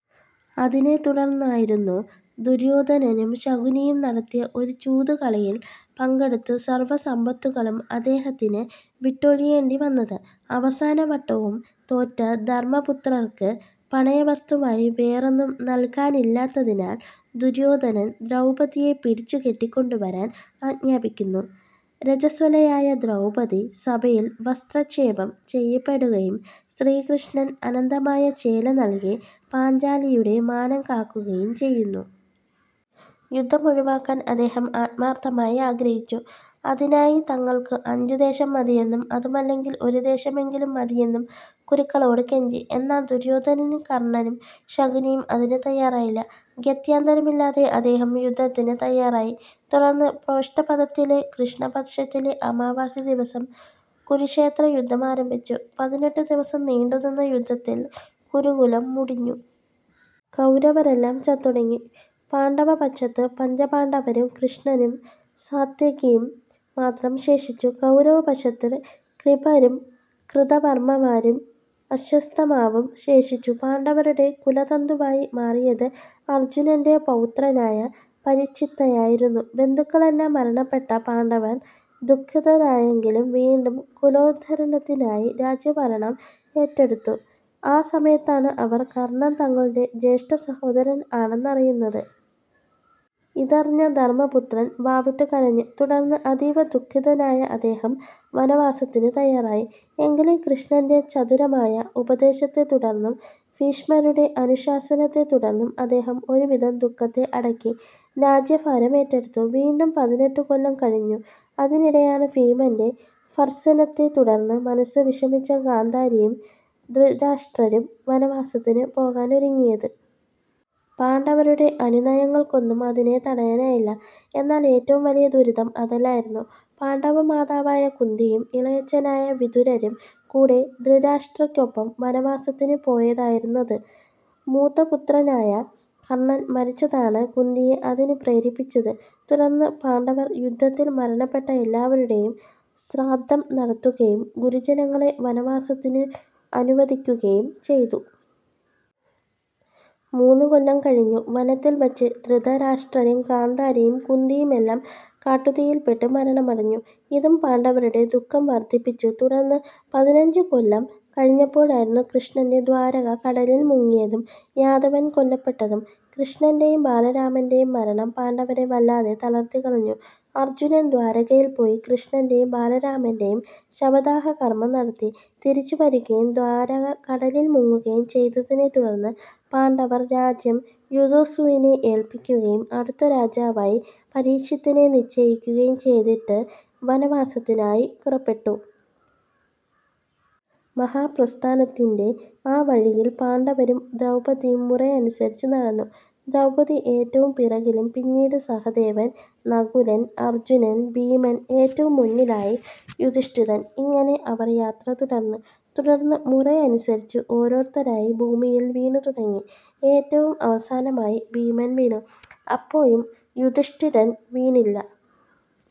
അതിനെത്തുടർന്നായിരുന്നു ദുര്യോധനനും ശകുനിയും നടത്തിയ ഒരു ചൂതുകളിയിൽ പങ്കെടുത്തു സർവ്വസമ്പത്തുകളും അദ്ദേഹത്തിന് വിട്ടൊഴിയേണ്ടി വന്നത്. അവസാന വട്ടവും തോറ്റ ധര്മപുത്രർക്ക്, പണയ വസ്തുവായി വേറൊന്നും നല്കാനില്ലാഞ്ഞതിനാൽ ദുര്യോധനൻ ദ്രൗപദിയെ പിടിച്ചു കെട്ടി കൊണ്ടുവരാൻ ആജ്ഞാപിക്കുന്നു. രജസ്വലയായ ദ്രൗപദി സഭയിൽ വസ്ത്രക്ഷേപം ചെയ്യപ്പെടുകയും, ശ്രീകൃഷ്ണൻ അനന്തമായ ചേല നൽകി പാഞ്ചാലിയുടെ മാനം കാക്കുകയും ചെയ്യുന്നു. യുദ്ധമൊഴിവാക്കാൻ അദ്ദേഹം ആത്മാർത്ഥമായി ആഗ്രഹിച്ചു. അതിനായി തങ്ങൾക്കു അഞ്ചു ദേശം മതിയെന്നും അതുമല്ലെങ്കിൽ ഒരു ദേശമെങ്കിലും മതിയെന്നും കുരുക്കളോടു കെഞ്ചി. എന്നാൽ ദുര്യോധനനും കർണ്ണനും ശകുനിയും അതിനു തയ്യാറായില്ല. ഗത്യന്തരമില്ലാതെ അദ്ദേഹം യുദ്ധത്തിന് തയ്യാറായി. തുടർന്ന് പ്രോഷ്ഠപദത്തിലെ കൃഷ്ണപക്ഷത്തിലെ അമാവാസി ദിവസം കുരുക്ഷേത്രയുദ്ധം ആരംഭിച്ചു. പതിനെട്ടു ദിവസം നീണ്ടുനിന്ന യുദ്ധത്തിൽ കുരുകുലം മുടിഞ്ഞു. കൗരവരെല്ലാം ചത്തൊടുങ്ങി. പാണ്ഡവപക്ഷത്തു പഞ്ചപാണ്ഡവരും കൃഷ്ണനും സാത്യകിയും മാത്രം ശേഷിച്ചു. കൗരവപക്ഷത്തു കൃപരും, കൃതവർമ്മാവും, അശ്വത്ഥാമാവും ശേഷിച്ചു. പാണ്ഡവരുടെ കുലതന്തുവായി മാറിയത് അർജ്ജുനന്റെ പൗത്രനായ പരീക്ഷിത്തായിരുന്നു. ബന്ധുക്കളെല്ലാം മരണപ്പെട്ട പാണ്ഡവർ ദുഃഖിതരായെങ്കിലും വീണ്ടും കുലോദ്ധാരണത്തിനായി രാജ്യഭരണം ഏറ്റെടുത്തു. ആ സമയത്താണ് അവർ കർണ്ണൻ തങ്ങളുടെ ജ്യേഷ്ഠസഹോദരൻ ആണെന്നറിയുന്നതു. ഇതറിഞ്ഞ ധർമ്മപുത്രർ വാവിട്ടു കരഞ്ഞു. തുടർന്ന് അതീവദുഃഖിതനായ അദ്ദേഹം വനവാസത്തിനു തയ്യാറായി. എങ്കിലും കൃഷ്ണന്റെ ചതുരമായ ഉപദേശത്തെത്തുടർന്നും, ഭീഷ്മരുടെ അനുശാസനത്തെത്തുടർന്നും അദ്ദേഹം ഒരുവിധം ദുഃഖത്തെ അടക്കി രാജ്യഭാരം ഏറ്റെടുത്തു. വീണ്ടും പതിനെട്ടു കൊല്ലം കഴിഞ്ഞു. അതിനിടെയാണ് ഭീമന്റെ ഭർത്സനത്തെ തുടർന്നു മനസ്സ് വിഷമിച്ച ഗാന്ധാരിയും ധൃതരാഷ്ട്രരും വനവാസത്തിനു പോകാനൊരുങ്ങിയത്. പാണ്ഡവരുടെ അനുനയങ്ങൾക്കൊന്നും അതിനെ തടയാനായില്ല. എന്നാൽ ഏറ്റവും വലിയ ദുരിതം അതല്ലായിരുന്നു. പാണ്ഡവമാതാവായ കുന്തിയും, ഇളയച്ഛനായ വിദുരരും കൂടെ ധൃതരാഷ്ട്രര്ക്കൊപ്പം വനവാസത്തിനു പോയതായിരുന്നത്. മൂത്തപുത്രനായ കർണ്ണൻ മരിച്ചതാണ് കുന്തിയെ അതിനു പ്രേരിപ്പിച്ചത്. തുടർന്ന് പാണ്ഡവർ യുദ്ധത്തിൽ മരണപ്പെട്ട എല്ലാരുടെയും ശ്രാദ്ധം നടത്തുകയും ഗുരുജനങ്ങളെ വനവാസത്തിനു അനുവദിക്കുകയും ചെയ്തു. മൂന്നുകൊല്ലം കഴിഞ്ഞു, വനത്തിൽ വച്ച് ധൃതരാഷ്ട്രരും ഗാന്ധാരിയും കുന്തിയുമെല്ലാം കാട്ടുതീയിൽപ്പെട്ടു മരണമടഞ്ഞു. ഇതും പാണ്ഡവരുടെ ദുഃഖം വർദ്ധിപ്പിച്ചു. തുടർന്ന് പതിനഞ്ചു കൊല്ലം കഴിഞ്ഞപ്പോഴായിരുന്നു കൃഷ്ണന്റെ ദ്വാരക കടലിൽ മുങ്ങിയതും യാദവർ കൊല്ലപ്പെട്ടതും. കൃഷ്ണന്റെയും ബാലരാമന്റെയും മരണം പാണ്ഡവരെ വല്ലാതെ തളർത്തിക്കളഞ്ഞു. അർജ്ജുനൻ ദ്വാരകയിൽ പോയി കൃഷ്ണന്റെയും ബാലരാമന്റെയും ശവദാഹകർമ്മം നടത്തി തിരിച്ചു വരികയും ദ്വാരക കടലിൽ മുങ്ങുകയും ചെയ്തതിനെ തുടർന്ന് പാണ്ഡവർ രാജ്യം യുയുത്സുവിനെ ഏൽപ്പിക്കുകയും അടുത്ത രാജാവായി പരീക്ഷിത്തിനെ നിശ്ചയിക്കുകയും ചെയ്തിട്ട് വനവാസത്തിനായി പുറപ്പെട്ടു. മഹാപ്രസ്ഥാനത്തിന്റെ ആ വഴിയിൽ പാണ്ഡവരും ദ്രൗപദിയും മുറയനുസരിച്ച് നടന്നു. ദ്രൗപദി ഏറ്റവും പിറകിലും പിന്നീട് സഹദേവൻ, നകുലൻ, അർജ്ജുനൻ, ഭീമൻ ഏറ്റവും മുന്നിലായി യുധിഷ്ഠിരൻ ഇങ്ങനെ അവർ യാത്ര തുടർന്നു. തുടർന്ന് മുറയനുസരിച്ച് ഓരോരുത്തരായി ഭൂമിയിൽ വീണു തുടങ്ങി. ഏറ്റവും അവസാനമായി ഭീമൻ വീണു. അപ്പോഴും യുധിഷ്ഠിരൻ വീണില്ല.